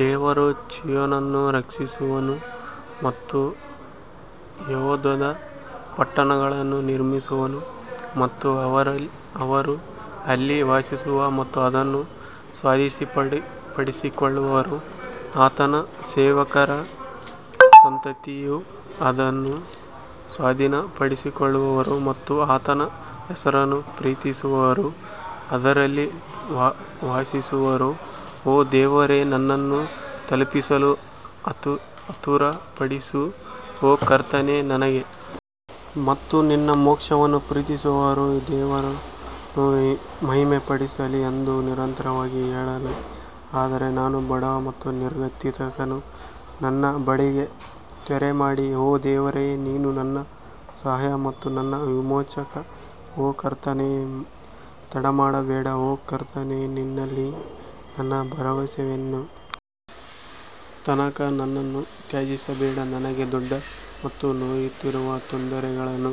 ದೇವರು ಚೀಯೋನನ್ನು ರಕ್ಷಿಸುವನು ಮತ್ತು ಯೆಹೂದದ ಪಟ್ಟಣಗಳನ್ನು ನಿರ್ಮಿಸುವನು ಮತ್ತು ಅವರು ಅಲ್ಲಿ ವಾಸಿಸುವ ಮತ್ತು ಅದನ್ನು ಸ್ವಾಧೀನಪಡಿಸಿಕೊಳ್ಳುವರು. ಆತನ ಸೇವಕರ ಸಂತತಿಯೂ ಅದನ್ನು ಸ್ವಾಧೀನಪಡಿಸಿಕೊಳ್ಳುವರು ಮತ್ತು ಆತನ ಹೆಸರನ್ನು ಪ್ರೀತಿಸುವವರು ಅದರಲ್ಲಿ ವಾಸಿಸುವರು ಓ ದೇವರೇ ನನ್ನನ್ನು ತಲುಪಿಸಲು ಆತುರಪಡಿಸು ಓ ಕರ್ತನೇ ನನಗೆ ಮತ್ತು ನಿನ್ನ ಮೋಕ್ಷವನ್ನು ಪ್ರೀತಿಸುವವರು ದೇವರನ್ನು ಮಹಿಮೆಪಡಿಸಲಿ ಎಂದು ನಿರಂತರವಾಗಿ ಹೇಳಲಿ ಆದರೆ ನಾನು ಬಡವ ಮತ್ತು ನಿರ್ಗತಿಕನು ನನ್ನ ಬಳಿಗೆ ತ್ವರೆಮಾಡಿ ಓ ದೇವರೇ ನೀನು ನನ್ನ ಸಹಾಯ ಮತ್ತು ನನ್ನ ವಿಮೋಚಕ ಓ ಕರ್ತನೇ ತಡಮಾಡಬೇಡ ಓ ಕರ್ತನೇ ನಿನ್ನಲ್ಲಿ ನನ್ನ ಭರವಸೆಯನ್ನು ತನಕ ನನ್ನನ್ನು ತ್ಯಜಿಸಬೇಡ ನನಗೆ ದೊಡ್ಡ ಮತ್ತು ನೋಯುತ್ತಿರುವ ತೊಂದರೆಗಳನ್ನು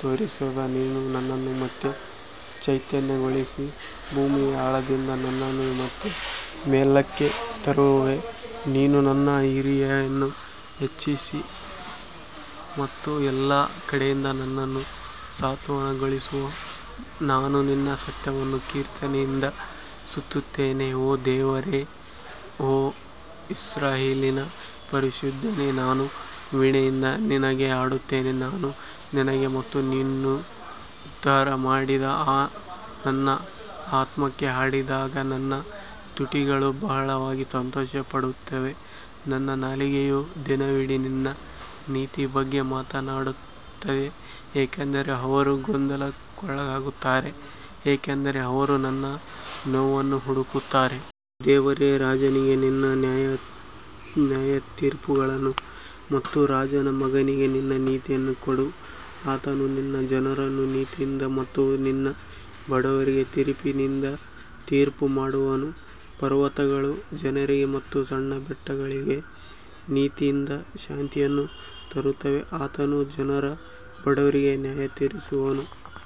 ತೋರಿಸಿದ ನೀನು ನನ್ನನ್ನು ಮತ್ತೆ ಚೈತನ್ಯಗೊಳಿಸಿ ಭೂಮಿಯ ಆಳದಿಂದ ನನ್ನನ್ನು ಮತ್ತೆ ಮೇಲಕ್ಕೆ ತರುವೆ ನೀನು ನನ್ನ ಹಿರಿಮೆಯನ್ನು ಹೆಚ್ಚಿಸಿ ಮತ್ತು ಎಲ್ಲಾ ಕಡೆಯಿಂದ ನನ್ನನ್ನು ಸಾಂತ್ವನಗೊಳಿಸು ನಾನು ನಿನ್ನ ಸತ್ಯವನ್ನು ಕೀರ್ತನೆಯಿಂದ ಸ್ತುತಿಸುತ್ತೇನೆ ಓ ನನ್ನ ದೇವರೇ, ಓ ಇಸ್ರಾಯೇಲಿನ ಪರಿಶುದ್ಧನೇ, ನಾನು ವೀಣೆಯಿಂದ ನಿನಗೆ ಹಾಡುತ್ತೇನೆ ನಾನು ನಿನಗೆ ಮತ್ತು ನೀನು ಉದ್ಧಾರ ಮಾಡಿದ ನನ್ನ ಆತ್ಮಕ್ಕೆ ಹಾಡಿದಾಗ ನನ್ನ ತುಟಿಗಳು ಬಹಳವಾಗಿ ಸಂತೋಷಪಡುತ್ತವೆ ನನ್ನ ನಾಲಿಗೆಯು ದಿನವಿಡೀ ನಿನ್ನ ನೀತಿಯ ಬಗ್ಗೆ ಮಾತನಾಡುತ್ತದೆ ಏಕೆಂದರೆ ಅವರು ಗೊಂದಲಕ್ಕೊಳಗಾಗುತ್ತಾರೆ, ಏಕೆಂದರೆ ಅವರು ನನ್ನ ನೋವನ್ನು ಹುಡುಕುತ್ತಾರೆ. ಓ ದೇವರೇ, ರಾಜನಿಗೆ ನಿನ್ನ ನ್ಯಾಯತೀರ್ಪುಗಳನ್ನು ಮತ್ತು ರಾಜನ ಮಗನಿಗೆ ನಿನ್ನ ನೀತಿಯನ್ನು ಕೊಡು ಆತನು ನಿನ್ನ ಜನರನ್ನು ನೀತಿಯಿಂದ ಮತ್ತು ನಿನ್ನ ಬಡವರಿಗೆ ತೀರ್ಪಿನಿಂದ ತೀರ್ಪು ಮಾಡುವನು ಪರ್ವತಗಳು ಜನರಿಗೆ ಮತ್ತು ಸಣ್ಣ ಬೆಟ್ಟಗಳಿಗೆ ನೀತಿಯಿಂದ ಶಾಂತಿಯನ್ನು ತರುತ್ತವೆ ಆತನು ಜನರ ಬಡವರಿಗೆ ನ್ಯಾಯತೀರಿಸುವನು